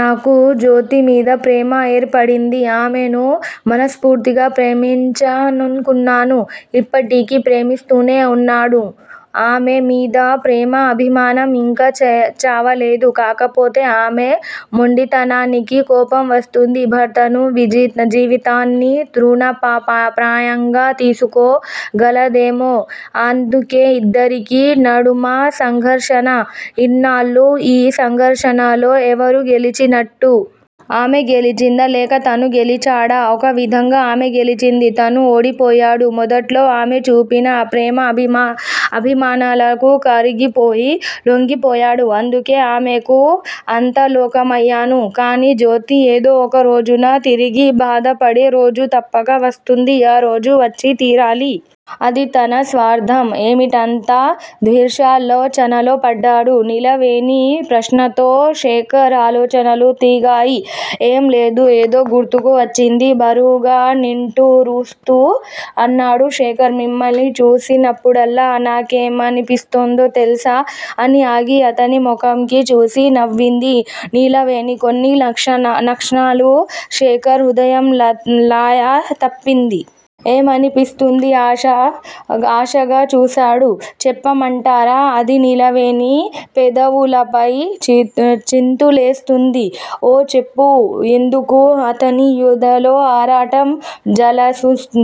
నాకు జ్యోతిమీద ప్రేమ ఏర్పడింది. ఆమెను మనస్పూర్తిగా ప్రేమించాననుకున్నాను. ఇప్పటికీ ప్రేమిస్తూనే వున్నాడు. ఆమె మీద ప్రేమ. అభిమానం యింకా చావలేదు. కాకపోతే ఆమె మొండితనానికి కోపం వస్తుంది. భర్తను, జీవితాన్ని తృణప్రాయంగా తీసుకోగలదామె. అందుకే ఇద్దరికీ నడుమ సంఘర్షణ! ఇన్నాళ్ళు ఈ సంఘర్షణలో ఎవరు గెలిచినట్లు? ఆమె గెలిచిందా, లేక తను గెలిచాడా? ఒక విధంగా ఆమే గెలిచింది. తను ఓడిపోయాడు. మొదట్లో ఆమె చూపిన ప్రేమాభిమానాలకు కరిగిపోయి లొంగిపోయాడు. అందుకే ఆమెకు అంత లోకువయ్యాను. కానీ, జ్యోతి ఏదో ఒక రోజున తీరిగ్గా బాధపడేరోజు తప్పక వస్తుంది. ఆ రోజు వచ్చి తీరాలి. అది తన స్వార్ధం? ఏమిటంత దీర్ఘాలోచనలో పడ్డారు? నీలవేణి ప్రశ్నతో శ్రేకర్ ఆలోచనలు తెగాయి. ఏం లేదు ఏదో గుర్తుకు వచ్చింది బరువుగా నిట్టూరుస్తూ అన్నాడు శ్రీకర్. మిమ్మల్ని చూసినప్పుడల్లా నాకేమనిపిస్తుందో తెలుసా? అని ఆగి అతని ముఖంలోకి చూసి నవ్వింది నీలవేణి. కొన్ని క్షణాలు శ్రీకర్ హృదయం లయ తప్పింది. ఏమనిపిస్తుంది? ఆశగా చూసాడు. చెప్పమంటారా? అదే నీలవేణి పెదవులపై చిందులేస్తుంది. ఊ చెప్పు యెందుకో అతని యెదలో ఆరాటం!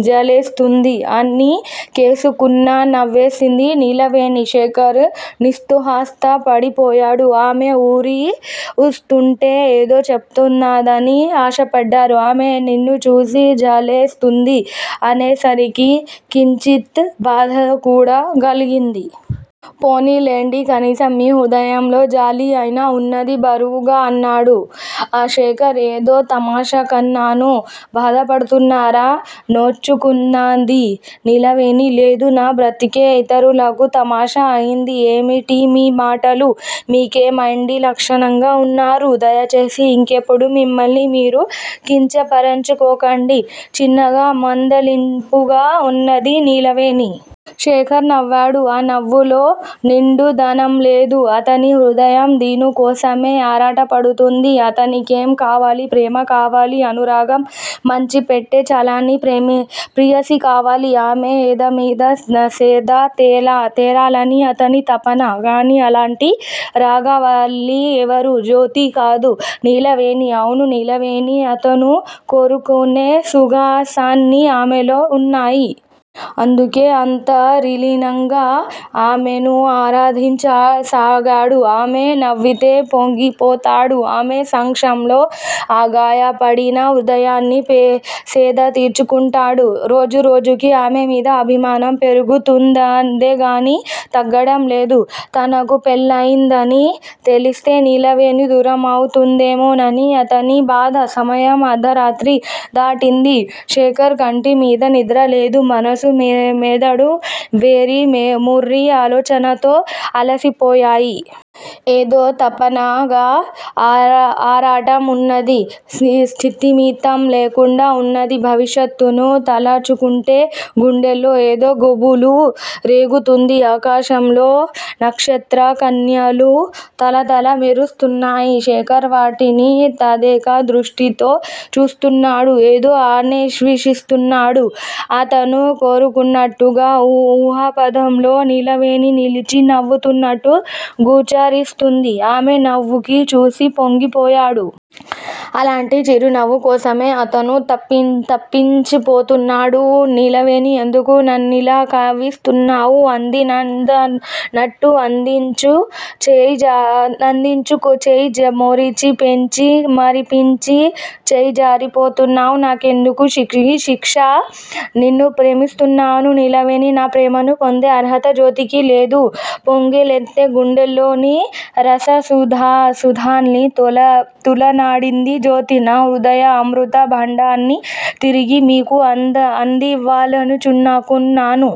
జాలేస్తుంది__ అని కిసుక్కున నవ్వేసింది నీలవేణి. శ్రీకర్ నితుత్సాహపడిపోయాడు. ఆమె ఊరిస్తుంటే ఏదో చెబుతుందని ఆశపడ్డాడు. ఆమె నిన్ను చూసి జాలేస్తుంది. అనేసరికి కించిత్ బాధకూడా కలిగింది. పోనీలెండి కనీసం మీ హృదయంలో జాలి అయినా వున్నది బరువుగా అన్నాడు శ్రీకర్. ఏదో తమాషాకన్నాను. బాధపడుతున్నారా? నొచ్చుకున్నది నీలవేణి. లేదు. నా బ్రతుకే ఇతరులకు తమాషా అయింది. ఏమిటి మీ మాటలు-మీకేమండి లక్షణంగా వున్నారు. దయచేసి ఇంకెప్పుడూ మిమ్మల్ని మీరు కించపరుచుకోకండి- చిన్నగా మందలింపుగా అన్నది నీలవేణి. శ్రీకర్ నవ్వాడు. ఆ నవ్వులో నిండుదనంలేదు. అతని హృదయం దేనికోసమో ఆరాటపడుతోంది. అతనికేం కావాలి? ప్రేమ కావాలి! అనురాగం పంచిపెట్టే చల్లని ప్రేయసి కావాలి. ఆమె ఎదమీద సేద తీరాలని అతని తపన! కానీ! అలాంటి రాగవల్లరి ఎవరు? జ్యోతి కాదు నీలవేణి! అవును నీలవేణి అతను కోరుకునే సుగుణాలన్నీ ఆమెలో వున్నాయి. అందుకే అంతర్లీనంగా ఆమెను ఆరాధించసాగాడు. ఆమె నవ్వితే పొంగిపోతాడు. ఆమె సమక్షంలో గాయపడిన హృదయాన్ని సేద తీర్చుకుంటాడు. రోజు రోజుకీ ఆమెమీద అభిమానం పెరుగుతుందేగానీ తరగడంలేదు. తనకు పెళ్ళయిందని తెలిస్తే నీలవేణి దూరమవుతుందేమోనని అతని బాధ. సమయం అర్దరాత్రి దాటింది. శ్రీకర్ కంటిమీద నిద్రలేదు. మనస్సు మెదడు వెర్రి మొర్రి ఆలోచనలతో అలసిపోయాయి. ఏదో తపనగా, ఆరాటంగా వున్నది. స్థిమితం లేకుండా వున్నది. భవిష్యత్తును తలచుకుంటే గుండెల్లో ఏదో గుబులు రేగుతుంది. ఆకాశంలో నక్షత్ర కన్యలు తళతళా మెరుస్తున్నాయి. శ్రీకర్ వాటిని తదేక దృష్టితో చూస్తున్నాడు ఏదో అన్వేషిస్తున్నాడు. అతను కోరుకున్నట్లుగా ఊహాపధంలో నీలవేణి నిలిచి నవ్వుతున్నట్లు గోచరిస్తుంది. ఆమె నవ్వుని చూసి పొంగిపోయాడు. అలాంటి చిరునవ్వు కోసమే అతను తపించిపోతున్నాడు. నీలవేణీ! ఎందుకు నన్నిలా కవ్విస్తున్నావు? అందీ అందనట్లు అంచుకుచేరి మురిపించి, మరిపించి చేజారిపోతున్నావ్! నా కెందుకీ శిక్ష? నిన్ను ప్రేమిస్తున్నాను నీలవేణీ! నా ప్రేమను పొందే అర్హత జ్యోతికి లేదు. పొంగులెత్తే గుండెల్లోని రాగసుధల్ని తూలనాడింది జ్యోతి! నా హృదయ అమృత భాండాన్ని తిరిగి మీకు అందివ్వదలచుకున్నాను.